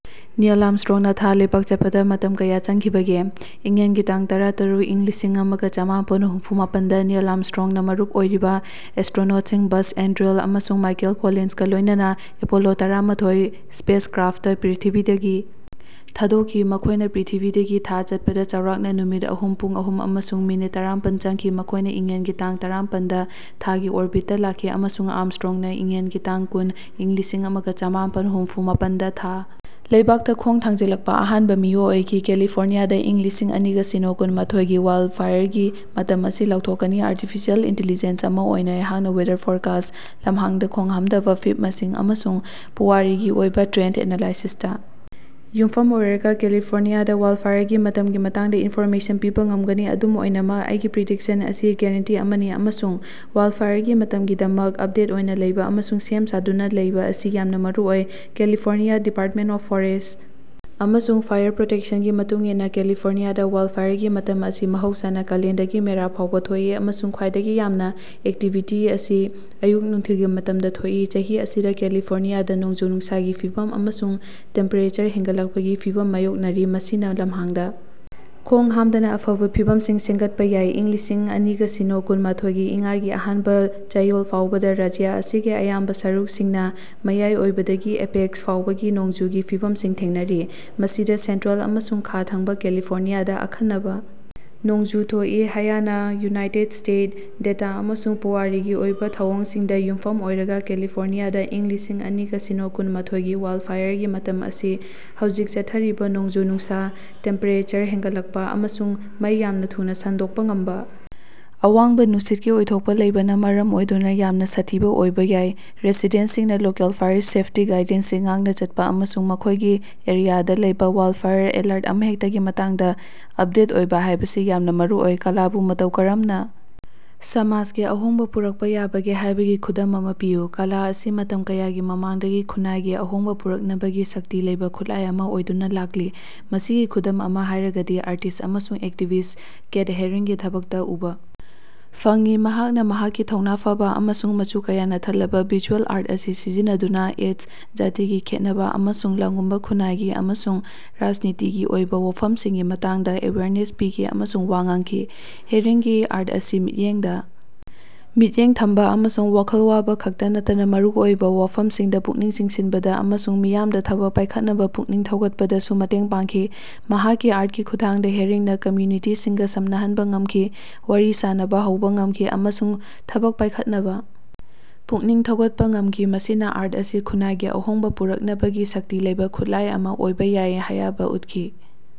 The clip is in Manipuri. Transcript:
ꯅꯤꯌꯦꯜ ꯑꯥꯔꯝꯁꯇ꯭ꯔꯣꯡꯅ ꯊꯥ ꯂꯩꯕꯥꯛꯇ ꯆꯠꯄꯗ ꯃꯇꯝ ꯀꯌꯥ ꯆꯪꯈꯤꯕꯒꯦ? ꯏꯉꯦꯟꯒꯤ ꯇꯡ ꯇꯔꯥ-ꯇꯔꯨꯛ, ꯏꯪ ꯂꯤꯁꯤꯡ ꯑꯃꯒ ꯆꯃꯥꯄꯟ ꯍꯨꯝꯐꯨ ꯃꯥꯄꯟ ꯗꯥ ꯅꯤꯌꯦꯜ ꯑꯥꯔꯝꯁꯇ꯭ꯔꯣꯡꯅ ꯃꯔꯨꯞ ꯑꯣꯏꯔꯤꯕ ꯑꯦꯁ꯭ꯇꯔꯣꯅꯣꯠꯁꯤꯡ ꯕꯖ ꯑꯦꯜꯗ꯭ꯔꯤꯟ ꯑꯃꯁꯨꯡ ꯃꯥꯏꯀꯦꯜ ꯀꯣꯂꯤꯟꯁꯀ ꯂꯣꯏꯅꯅ ꯑꯦꯄꯣꯂꯣ ꯇꯔꯥꯃꯊꯣꯏ ꯁ꯭ꯄꯦꯁꯀ꯭ꯔꯥꯐꯠꯇ ꯄ꯭ꯔꯤꯊꯤꯕꯤꯗꯒꯤ ꯊꯥꯗꯣꯛꯈꯤ꯫ ꯃꯈꯣꯏꯅ ꯄ꯭ꯔꯤꯊꯤꯕꯤꯗꯒꯤ ꯊꯥꯗ ꯆꯠꯄꯗ ꯆꯥꯎꯔꯥꯛꯅ ꯅꯨꯃꯤꯠ ꯑꯍꯨꯝ, ꯄꯨꯡ ꯑꯍꯨꯝ ꯑꯃꯁꯨꯡ ꯃꯤꯅꯤꯠ ꯇꯔꯥꯃꯥꯄꯟ ꯆꯪꯈꯤ꯫ ꯃꯈꯣꯏꯅ ꯏꯉꯦꯟꯒꯤ ꯇꯥꯡ ꯇꯔꯥꯃꯥꯄꯟꯗ ꯊꯥꯒꯤ ꯑꯣꯔꯕꯤꯠꯇ ꯂꯥꯛꯈꯤ ꯑꯃꯁꯨꯡ ꯑꯥꯔꯝꯁꯇ꯭ꯔꯣꯡꯅ ꯏꯉꯦꯟꯒꯤ ꯇꯥꯡ ꯀꯨꯟ, ꯏꯪ ꯂꯤꯁꯤꯡ ꯑꯃꯒ ꯆꯃꯥꯄꯟ ꯍꯨꯝꯐꯨ ꯃꯥꯄꯟꯗ ꯊꯥ ꯂꯩꯕꯥꯛꯇ ꯈꯣꯡ ꯊꯥꯡꯖꯤꯜꯂꯛꯄ ꯑꯍꯥꯟꯕ ꯃꯤꯑꯣꯏ ꯑꯣꯏꯈꯤ꯫ ꯀꯦꯂꯤꯐꯣꯔꯅꯤꯌꯥꯗ ꯏꯪ ꯂꯤꯁꯤꯡ ꯑꯅꯤꯒ ꯁꯤꯅꯣ ꯀꯨꯟ ꯃꯥꯊꯣꯏ ꯒꯤ ꯋꯥꯏꯜꯗꯐꯥꯏꯌꯔꯒꯤ ꯃꯇꯝ ꯑꯁꯤ ꯂꯥꯎꯊꯣꯛꯀꯅꯤ꯫ ꯑꯥꯔꯇꯤꯐꯤꯁꯤꯌꯦꯜ ꯏꯟꯇꯦꯂꯤꯖꯦꯟꯁ ꯑꯃꯥ ꯑꯣꯏꯅ ꯑꯩꯍꯥꯛꯅ ꯋꯦꯗꯔ ꯐꯣꯔꯀꯥꯁꯠ, ꯂꯝꯍꯥꯡꯗ ꯈꯣꯡꯍꯥꯝꯗꯕ ꯐꯤꯚꯃꯁꯤꯡ, ꯑꯃꯁꯨꯡ ꯄꯨꯋꯥꯔꯤꯒꯤ ꯑꯣꯏꯕ ꯇ꯭ꯔꯦꯟꯗ ꯑꯦꯅꯂꯥꯏꯁꯤꯁꯇ ꯌꯨꯝꯐꯝ ꯑꯣꯏꯔꯒ ꯀꯦꯂꯤꯐꯣꯔꯅꯤꯌꯥꯗ ꯋꯥꯏꯜꯗꯐꯥꯏꯌꯔꯒꯤ ꯃꯇꯝꯒꯤ ꯃꯇꯥꯡꯗ ꯏꯟꯐꯣꯔꯃꯦꯁꯟ ꯄꯤꯕ ꯉꯝꯒꯅꯤ꯫ ꯑꯗꯨꯝ ꯑꯣꯏꯅꯃꯛ ꯑꯩꯒꯤ ꯄ꯭ꯔꯤꯗꯤꯛꯁꯟ ꯑꯁꯤ ꯒꯔꯦꯟꯇꯤ ꯑꯃꯅꯤ ꯑꯃꯁꯨꯡ ꯋꯥꯏꯜꯗꯐꯥꯏꯌꯔꯒꯤ ꯃꯇꯝꯒꯤꯗꯃꯛ ꯑꯞꯗꯦꯠ ꯑꯣꯏꯅ ꯂꯩꯕ ꯑꯃꯁꯨꯡ ꯁꯦꯝ ꯁꯥꯗꯨꯅ ꯂꯩꯕ ꯑꯁꯤ ꯌꯥꯝꯅ ꯃꯔꯨꯑꯣꯏ꯫ ꯀꯦꯂꯤꯐꯣꯔꯅꯤꯌꯥ ꯗꯤꯄꯥꯔꯠꯃꯦꯟꯇ ꯑꯣꯐ ꯐꯣꯔꯦꯁꯠ ꯑꯃꯁꯨꯡ ꯐꯥꯏꯌꯔ ꯄ꯭ꯔꯣꯇꯦꯛꯁꯟꯒꯤ ꯃꯇꯨꯡꯏꯟꯅ ꯀꯦꯂꯤꯐꯣꯔꯅꯤꯌꯥꯗ ꯋꯥꯏꯜꯗꯐꯥꯏꯌꯔꯒꯤ ꯃꯇꯝ ꯑꯁꯤ ꯃꯍꯧꯁꯥꯅ ꯀꯂꯦꯟꯗꯒꯤ ꯃꯦꯔꯥ ꯐꯥꯎꯕ ꯊꯣꯛꯏ, ꯑꯃꯁꯨꯡ ꯈ꯭ꯋꯥꯏꯗꯒꯤ ꯌꯥꯝꯅ ꯑꯦꯛꯇꯤꯚꯤꯇꯤ ꯑꯁꯤ ꯑꯌꯨꯛ-ꯅꯨꯡꯊꯤꯜꯒꯤ ꯃꯇꯝꯗ ꯊꯣꯛꯏ꯫ ꯆꯍꯤ ꯑꯁꯤꯗ ꯀꯦꯂꯤꯐꯣꯔꯅꯤꯌꯥꯗ ꯅꯣꯡꯖꯨ-ꯅꯨꯡꯁꯥꯒꯤ ꯐꯤꯚꯝ ꯑꯃꯁꯨꯡ ꯇꯦꯝꯄꯦꯔꯦꯆꯔ ꯍꯦꯟꯒꯠꯂꯛꯄꯒꯤ ꯐꯤꯚꯝ ꯃꯥꯌꯣꯛꯅꯔꯤ꯫ ꯃꯁꯤꯅ ꯂꯝꯍꯥꯡꯗ ꯈꯣꯡꯍꯥꯝꯗꯅꯕ ꯑꯐꯕ ꯐꯤꯚꯝꯁꯤꯡ ꯁꯦꯝꯒꯠꯄ ꯌꯥꯏ꯫ ꯏꯪ ꯂꯤꯁꯤꯡ ꯑꯅꯤꯒ ꯁꯤꯅꯣ ꯀꯨꯟ ꯃꯥꯊꯣꯏꯒꯤ ꯏꯉꯥꯒꯤ ꯑꯍꯥꯟꯕ ꯆꯌꯣꯜ ꯐꯥꯎꯕꯗ ꯔꯥꯖ꯭ꯌ ꯑꯁꯤꯒꯤ ꯑꯌꯥꯝꯕ ꯁꯔꯨꯛꯁꯤꯡꯅ ""ꯃꯌꯥꯏ ꯑꯣꯏꯕ""ꯗꯒꯤ ""ꯑꯦꯛꯁꯦꯞꯇꯦꯟꯁ"" ꯐꯥꯎꯕꯒꯤ ꯅꯣꯡꯖꯨꯒꯤ ꯐꯤꯕꯝꯁꯤꯡ ꯊꯦꯡꯅꯔꯤ꯫ ꯃꯁꯤꯗ ꯁꯦꯟꯇ꯭ꯔꯦꯜ ꯑꯃꯁꯨꯡ ꯈꯥ ꯊꯪꯕ ꯀꯦꯂꯤꯐꯣꯔꯅꯤꯌꯥꯗ ꯑꯈꯟꯅꯕ ꯅꯣꯡꯖꯨ ꯊꯣꯛꯏ ꯍꯥꯌꯅ ꯌꯨꯅꯥꯏꯇꯦꯗ ꯁ꯭ꯇꯦꯗꯁ ꯗꯦꯇꯥ ꯑꯃꯁꯨꯡ ꯄꯨꯋꯥꯔꯤꯒꯤ ꯑꯣꯏꯕ ꯊꯧꯑꯣꯡꯁꯤꯡꯗ ꯌꯨꯝꯐꯝ ꯑꯣꯏꯔꯒ ꯀꯦꯂꯤꯐꯣꯔꯅꯤꯌꯥꯗ ꯏꯪ ꯂꯤꯁꯤꯡ ꯑꯅꯤꯒ ꯁꯤꯅꯣ ꯀꯨꯟ ꯃꯥꯊꯣꯏꯒꯤ ꯋꯥꯏꯜꯗꯐꯥꯏꯌꯔꯒꯤ ꯃꯇꯝ ꯑꯁꯤ ꯍꯧꯖꯤꯛ ꯆꯠꯊꯔꯤꯕ ꯅꯣꯡꯖꯨ-ꯅꯨꯡꯁꯥ, ꯇꯦꯝꯄꯦꯔꯦꯆꯔ ꯍꯦꯉꯠꯂꯛꯄ, ꯑꯃꯁꯨꯡ ꯃꯩ ꯌꯥꯝꯅ ꯊꯨꯅ ꯁꯟꯗꯣꯛꯄ ꯉꯝꯕ ꯑꯋꯥꯡꯕ ꯅꯨꯡꯁꯤꯠꯀꯤ ꯑꯣꯏꯊꯣꯛꯄ ꯂꯩꯕꯅ ꯃꯔꯝ ꯑꯣꯏꯗꯨꯅ ꯌꯥꯝꯅ ꯁꯥꯊꯤꯕ ꯑꯣꯏꯕ ꯌꯥꯏ꯫ ꯔꯦꯁꯤꯗꯦꯟꯇꯁꯤꯡꯅ ꯂꯣꯀꯦꯜ ꯐꯥꯏꯌꯔ ꯁꯦꯐꯇꯤ ꯒꯥꯏꯗꯂꯥꯏꯟꯁꯤꯡ ꯉꯥꯛꯅ ꯆꯠꯄ ꯑꯃꯁꯨꯡ ꯃꯈꯣꯏꯒꯤ ꯑꯦꯔꯤꯌꯥꯗ ꯂꯩꯕ ꯋꯥꯏꯜꯗꯐꯥꯏꯌꯔ ꯑꯦꯂꯔꯠ ꯑꯃꯍꯦꯛꯇꯒꯤ ꯃꯇꯥꯡꯗ ꯑꯞꯗꯦꯠ ꯑꯣꯏꯕ ꯍꯥꯏꯕꯁꯤ ꯌꯥꯝꯅ ꯃꯔꯨꯑꯣꯏ꯫ ꯀꯂꯥꯕꯨ ꯃꯇꯧ ꯀꯔꯝꯅ ꯁꯃꯥꯖꯒꯤ ꯑꯍꯣꯡꯕ ꯄꯨꯔꯛꯄ ꯌꯥꯕꯒꯦ ꯍꯥꯏꯕꯒꯤ ꯈꯨꯗꯝ ꯑꯃꯥ ꯄꯤꯌꯨ꯫ ꯀꯂꯥ ꯑꯁꯤ ꯃꯇꯝ ꯀꯌꯥꯒꯤ ꯃꯃꯥꯡꯗꯒꯤ ꯈꯨꯟꯅꯥꯏꯒꯤ ꯑꯍꯣꯡꯕ ꯄꯨꯔꯛꯅꯕꯒꯤ ꯁꯛꯇꯤ ꯂꯩꯕ ꯈꯨꯠꯂꯥꯏ ꯑꯃ ꯑꯣꯏꯗꯨꯅ ꯂꯥꯛꯂꯤ꯫ ꯃꯁꯤꯒꯤ ꯈꯨꯗꯝ ꯑꯃ ꯍꯥꯏꯔꯒꯗꯤ ꯑꯥꯔꯇꯤꯁꯠ ꯑꯃꯁꯨꯡ ꯑꯦꯛꯇꯤꯚꯤꯁꯠ ꯀꯦꯊ ꯍꯦꯔꯤꯡꯒꯤ ꯊꯕꯛꯇ ꯎꯕ ꯐꯪꯉꯤ꯫ ꯃꯍꯥꯛꯅ ꯃꯍꯥꯛꯀꯤ ꯊꯧꯅ ꯐꯕ ꯑꯃꯁꯨꯡ ꯃꯆꯨ ꯀꯌꯥꯅ ꯊꯜꯂꯕ ꯚꯤꯖꯨꯑꯦꯜ ꯑꯥꯔꯠ ꯑꯁꯤ ꯁꯤꯖꯤꯟꯅꯗꯨꯅ ꯑꯦꯗꯁ, ꯖꯥꯇꯤꯒꯤ ꯈꯦꯟꯅꯕ, ꯑꯃꯁꯨꯡ ꯂꯥꯉꯨꯝꯕ ꯈꯨꯟꯅꯥꯏꯒꯤ ꯑꯃꯁꯨꯡ ꯔꯥꯖꯅꯤꯇꯤꯒꯤ ꯑꯣꯏꯕ ꯋꯥꯐꯝꯁꯤꯡꯒꯤ ꯃꯇꯥꯡꯗ ꯑꯦꯋꯦꯔꯅꯦꯁ ꯄꯤꯈꯤ ꯑꯃꯁꯨꯡ ꯋꯥ ꯉꯥꯡꯈꯤ꯫ ꯍꯦꯔꯤꯡꯒꯤ ꯑꯥꯔꯠ ꯑꯁꯤ ꯃꯤꯠꯌꯦꯡꯗ ꯃꯤꯠꯌꯦꯡ ꯊꯝꯕ ꯑꯃꯁꯨꯡ ꯋꯥꯈꯜ ꯋꯥꯕ ꯈꯛꯇ ꯅꯠꯇꯅ ꯃꯔꯨꯑꯣꯏꯕ ꯋꯥꯐꯝꯁꯤꯡꯗ ꯄꯨꯛꯅꯤꯡ ꯆꯤꯡꯁꯤꯟꯕꯗ ꯑꯃꯁꯨꯡ ꯃꯤꯌꯥꯝꯗ ꯊꯕꯛ ꯄꯥꯏꯈꯠꯅꯕ ꯄꯨꯛꯅꯤꯡ ꯊꯧꯒꯠꯄꯗꯁꯨ ꯃꯇꯦꯡ ꯄꯥꯡꯈꯤ꯫ ꯃꯍꯥꯛꯀꯤ ꯑꯥꯔꯠꯀꯤ ꯈꯨꯠꯊꯥꯡꯗ ꯍꯦꯔꯤꯡꯅ ꯀꯝꯃ꯭ꯌꯨꯅꯤꯇꯤꯁꯤꯡꯒ ꯁꯝꯅꯍꯟꯕ ꯉꯝꯈꯤ꯫ ꯋꯥꯔꯤ ꯁꯥꯟꯅꯕ ꯍꯧꯕ ꯉꯃꯈꯤ ꯑꯃꯁꯨꯡ ꯊꯕꯛ ꯄꯥꯏꯈꯠꯅꯕ ꯄꯨꯛꯅꯤꯡ ꯊꯧꯒꯠꯄ ꯉꯝꯈꯤ꯫ ꯃꯁꯤꯅ ꯑꯥꯔꯠ ꯑꯁꯤ ꯈꯨꯟꯅꯥꯏꯒꯤ ꯑꯍꯣꯡꯕ ꯄꯨꯔꯛꯅꯕꯒꯤ ꯁꯛꯇꯤ ꯂꯩꯕ ꯈꯨꯠꯂꯥꯏ ꯑꯃ ꯑꯣꯏꯕ ꯌꯥꯏ ꯍꯥꯌꯕ ꯎꯠꯈꯤ꯫